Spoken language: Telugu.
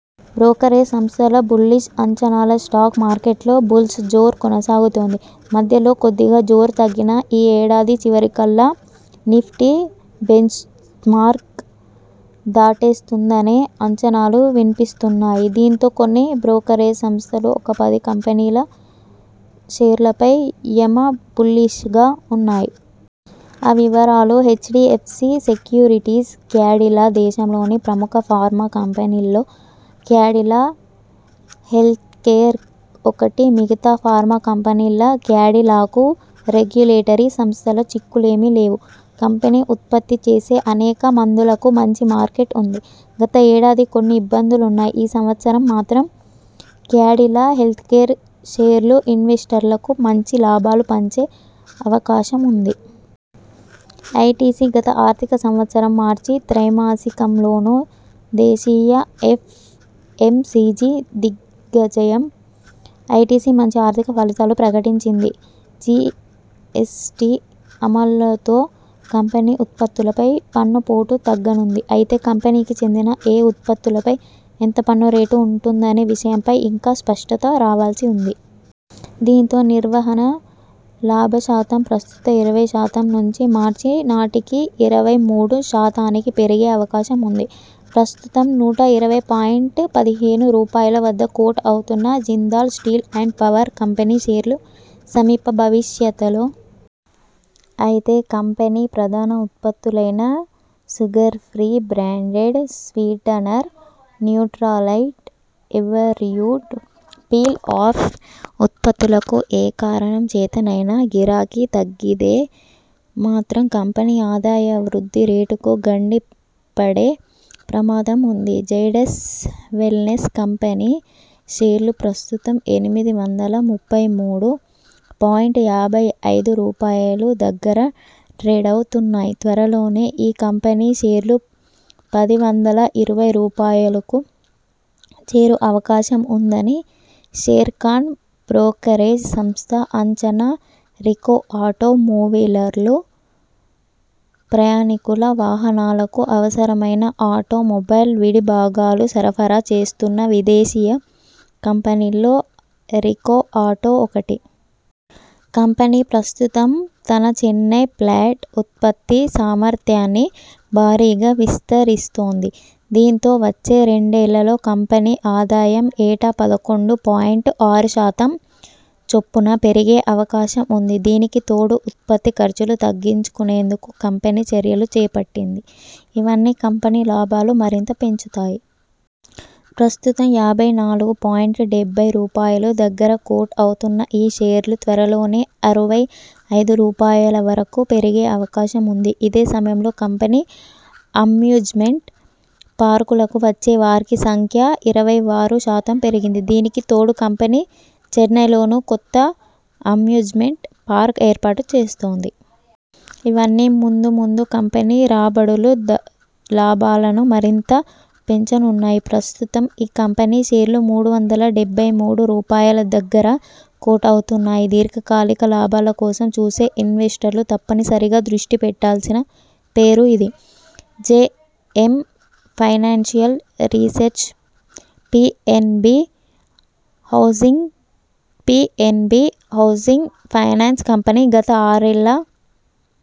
బ్రోకరేజ్ సంస్థల బుల్లిష్ అంచనా స్టాక్ మార్కెట్లో బుల్స్ జోరు కొనసాగుతోంది. మధ్యలో కొద్దిగా జోరు తగ్గినా ఈ ఏడాది చివరి కల్లా నిఫ్టీ బెంచ్మార్క్ దాటేస్తుందనే అంచనాలు వినిపిస్తున్నాయి. దీంతో కొన్ని బ్రోకరేజ్ సంస్థలు ఒక పది కంపెనీల షేర్లపై యమ బుల్లిషగా ఉన్నాయి. ఆ వివరాలు హెచ్డిఎ్ఫసి సెక్యూరిటీస్ క్యాడిలా దేశంలోని ప్రముఖ ఫార్మా కంపెనీల్లో క్యాడిలా హెల్త్కేర్ ఒకటి. మిగతా ఫార్మా కంపెనీల్లా క్యాడిలాకు రెగ్యులేటరీ సంస్థల చిక్కులేమీ లేవు. కంపెనీ ఉత్పత్తి చేసే అనేక మందులకు మంచి మార్కెట్ ఉంది. గత ఏడాది కొన్ని ఇబ్బందులున్నా ఈ సంవత్సరం మాత్రం క్యాడిలా హెల్త్కేర్ షేర్లు ఇన్వెస్టర్లకు మంచి లాభాలు పంచే అవకాశం ఉంది. ఐటిసి గత ఆర్థిక సంవత్సరం మార్చి త్రైమాసికంలోనూ దేశీయ ఎఫ్ఎంసిజి దిగ్గజం ఐటిసి మంచి ఆర్థిక ఫలితాలు ప్రకటించింది. జిఎ్సటి అమలుతో కంపెనీ ఉత్పత్తులపై పన్ను పోటూ తగ్గనుంది. అయితే కంపెనీకి చెందిన ఏ ఉత్పత్తులపై ఎంత పన్ను రేటు ఉంటుందనే విషయంపై ఇంకా స్పష్టత రావాల్సి ఉంది. దీంతో నిర్వహణ లాభ శాతం ప్రస్తుత ఇరవై శాతం నుంచి మార్చి నాటికి ఇరవై మూడు శాతానికి పెరిగే అవకాశం ఉంది ప్రస్తుతం నూట ఇరవై పాయింట్ పదిహేను రూపాయలు వద్ద కోట్ అవుతున్న Jindal steel and power company షేర్లు సమీప భవిష్యతలో అయితే కంపెనీ ప్రధాన ఉత్పత్తులైన Sugar Free branded sweetener, Nutralite, Everyuth peel off ఉత్పత్తులకు ఏ కారణం చేతనైనా గిరాకీ తగ్గితే మాత్రం కంపెనీ ఆదాయ వృద్ధి రేటుకు గండి పడే ప్రమాదం ఉంది. జైడస్ వెల్నెస్ కంపెనీ షేర్లు ప్రస్తుతం ఎనిమిది వందల ముప్పై మూడు పాయింట్ యాభై ఐదు రూపాయలు దగ్గర ట్రేడవుతున్నాయి త్వరలోనే ఈ కంపెనీ షేర్లు పది వందల ఇరవై రూపాయలుకు చేరు అవకాశం ఉందని షేర్ఖాన్ బ్రోకరేజ్ సంస్థ అంచనా రికో ఆటో మూవీలర్లు, ప్రయాణికుల వాహనాలకు అవసరమైన ఆటోమొబైల్ విడి భాగాలు సరఫరా చేస్తున్న విదేశీయ కంపెనీల్లో రికో ఆటో ఒకటి. కంపెనీ ప్రస్తుతం తన చెన్నై ప్లాట్ ఉత్పత్తి సామర్ధ్యాన్ని భారీగా విస్తరిస్తోంది. దీంతో వచ్చే రెండేళ్లలో కంపెనీ ఆదాయం ఏటా పదకొండు పాయింట్ ఆరు శాతం చొప్పున పెరిగే అవకాశం ఉంది దీనికి తోడు ఉత్పత్తి ఖర్చులు తగ్గించుకునేందుకూ కంపెనీ చర్యలు చేపట్టింది. ఇవన్నీ కంపెనీ లాభాలు మరింత పెంచుతాయి. ప్రస్తుతం యాభై నాలుగు పాయింట్ డెబ్బై రూపాయలు దగ్గర కోట్ అవుతున్న ఈ షేర్లు త్వరలోనే అరవై ఐదు రూపాయలవరకు పెరిగే అవకాశం ఉంది. ఇదే సమయంలో కంపెనీ అమ్యూజ్మెంట్ పార్కులకు వచ్చే వారికి సంఖ్యా ఇరవై ఆరు శాతం పెరిగింది. దీనికి తోడు కంపెనీ చెన్నైలోనూ కొత్త అమ్యూజ్మెంట్ పార్కు ఏర్పాటు చేస్తోంది. ఇవన్నీ ముందు ముందు కంపెనీ రాబడులు, లాభాలను మరింత పెంచనున్నాయి. ప్రస్తుతం ఈ కంపెనీ షేర్లు మూడు వందల డెబ్బై మూడు రూపాయలుదగ్గర కోట్ అవుతున్నాయి దీర్ఘకాలిక లాభాల కోసం చూసే ఇన్వెస్టర్లు తప్పనిసరిగా దృష్టి పెట్టాల్సిన పేరు ఇది. JM financial research PNB housing PNB housing finance company గత ఆరేళ్ల